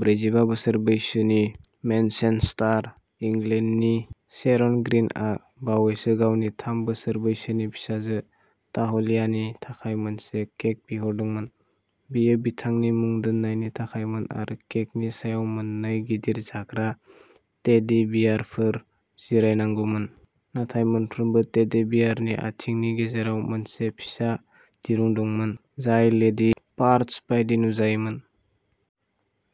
ब्रैजिबा बोसोर बैसोनि मेनचेन्स्टार, इंलेन्डनि शेरन ग्रीनआ बावैसो गावनि थाम बोसोर बैसोनि फिसाजो ताहलियानि थाखाय मोनसे केक बिहरदोंमोन। बेयो बिथांनि मुं दोननायनि थाखायमोन आरो केकनि सायाव मोननै गिदिर जाग्रा टेडी बियारफोर जिरायनांगौमोन। नाथाय मोनफ्रोमबो टेडी बियारनि आथिंनि गेजेराव मोनसे फिसा दिरुं दंमोन, जाय लेदि पार्ट्स बायदि नुजायोमोन।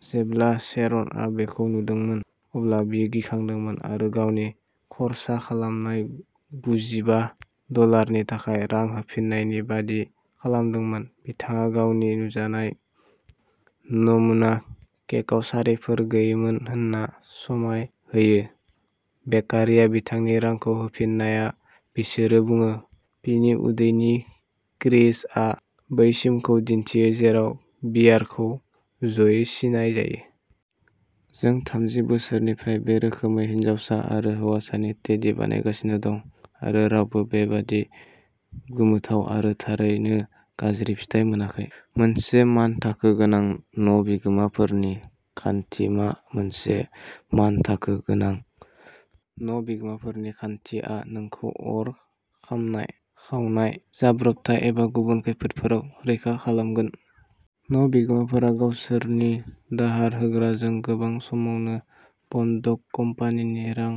जेब्ला शेरनआ बेखौ नुदोंमोन, अब्ला बियो गिखांदोंमोन आरो गावनि खर्सा खालामनाय गुजिबा डलारनि थाखाय रां होफिन्नायनि बादि खालामदोंमोन। बिथाङा गावनि नुजानाय नमुना केकआव सारिफोर गैयैमोन होन्ना समाय होयो। बेकारीया बिथांनि रांखौ होफिन्नाया बिसोरो बुङो, बिनि उदैनि क्रिजआ बै सिमखौ दिन्थियो जेराव बियारखौ ज'यै सिनाय जायो। जों थामजि बोसोरनिफ्राय बे रोखोमै हिनजावसा आरो हौवासानि टेडी बानायगासिनो दं आरो रावबो बेबादि गोमोथाव आरो थारैनो गाज्रि फिथाइ मोनाखै। मोनसे मानथाखो गोनां न' बिगोमाफोरनि खान्थि मा मोनसे मानथाखो गोनां न' बिगोमाफोरनि खान्थि आ नोंखौ अर खामनाय, खावनाय, जाब्रबथाय एबा गुबुन खैफोदफोराव रैखा खालामगोन। न' बिगोमाफोरा गावसोरनि दाहार होग्राजों गोबां समावनो बन्दक कम्पानिनि रां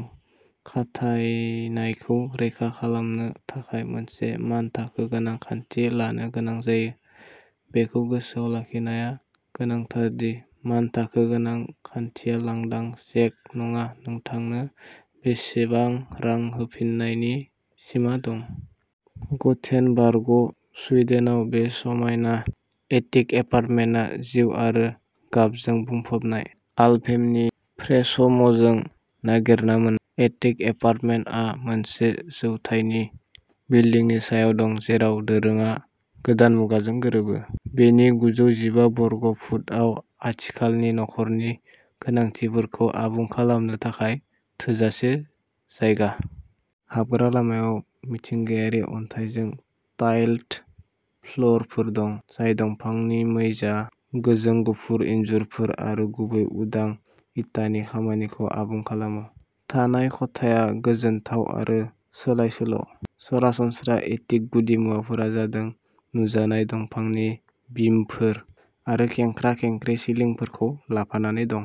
खाथायनायखौ रैखा खालामनो थाखाय मोनसे मानथाखो गोनां खान्थि लानो गोनां जायो। बेखौ गोसोआव लाखिनाया गोनांथार दि मानथाखो गोनां खान्थिया लांदां चेक नङा नोंथांनो बेसेबां रां होफिन्नायनि सिमा दं। गथेनबार्ग, सुइडेनआव बे समायना एटिक एपार्टमेन्टआ जिउ आरो गाबजों बुंफबनाय। आलभेमनि फ्रेश'मजों नागिरना मोन्नाय, एटिक एपार्टमेन्टआ मोनसे जौथाइनि बिल्डिंनि सायाव दं जेराव दोरोङा गोदान मुगाजों गोरोबो। बेनि गुजौ जिबा बर्ग फुटआ आथिखालनि नखरनि गोनांथिफोरखौ आबुं खालामनो थाखाय थोजासे जायगा। हाबग्रा लामायाव मिथिंगायारि अन्थाइजों टाइल्ड फ्लरफोर दं, जाय दंफांनि मैजा, गोजों गुफुर इनजुरफोर आरो गुबै उदां इटानि खामानिखौ आबुं खालामो। थानाय खथाया गोजोनथाव आरो सोलायसोल'। सरासनस्रा एटिक गुदिमुवाफोरा जादों नुजानाय दंफांनि बिमफोर आरो खेंख्रा-खेंख्रि सिलिंफोरखौ लाफानानै दं।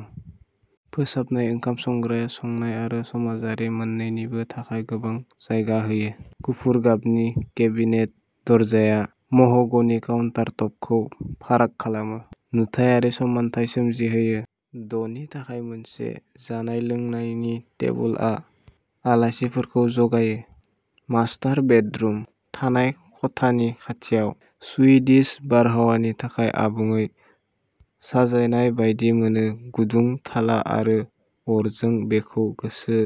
फोसाबनाय ओंखाम संग्राया संनाय आरो समाजारि मोन्नैनिबो थाखाय गोबां जायगा होयो। गुफुर गाबनि केबिनेट दरजाया मह'गनि काउन्टारटपखौ फाराग खालामो, नुथायारि समानथाय सोमजिहोयो। द'नि थाखाय मोनसे जानाय-लोंनायनि टेबोलआ आलासिफोरखौ जगायो। मास्टार बेडरुम, थानाय खथानि खाथियाव, सुइडिश बारहावानि थाखाय आबुङै साजायजानाय बायदि मोनो गुदुं थाला आरो अरजों बेखौ गोसो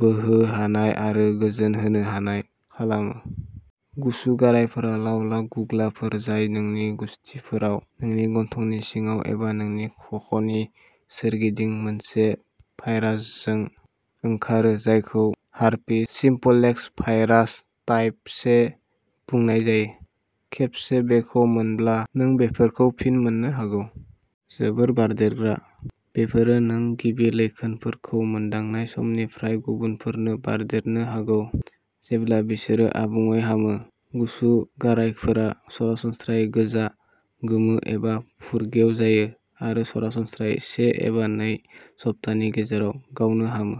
बोहो हानाय आरो गोजोन होनो हानाय खालामो। गुसु गारायफोरा लाव-लाव गुग्लाफोर जाय नोंनि गुसथिफोराव, नोंनि गन्थंनि सिङाव एबा नोंनि खख'नि सोरगिदिं मोनसे भाइरासजों ओंखारो जायखौ हार्पिस सिम्प्लेक्स भाइरास टाइप से बुंनाय जायो। खेबसे बेखौ मोनब्ला, नों बेफोरखौ फिन मोननो हागौ। जोबोद बारदेरग्रा, बेफोरो नों गिबि लैखोनफोरखौ मोनदांनाय समनिफ्राय गुबुनफोरनो बारदेरनो हागौ, जेब्ला बिसोरो आबुङै हामो गुसु गारायफोरा सरासनस्रायै गोजा, गोमो एबा फुरगेव जायो आरो सरासनस्रायै से एबा नै सप्तानि गेजेराव गावनो हामो।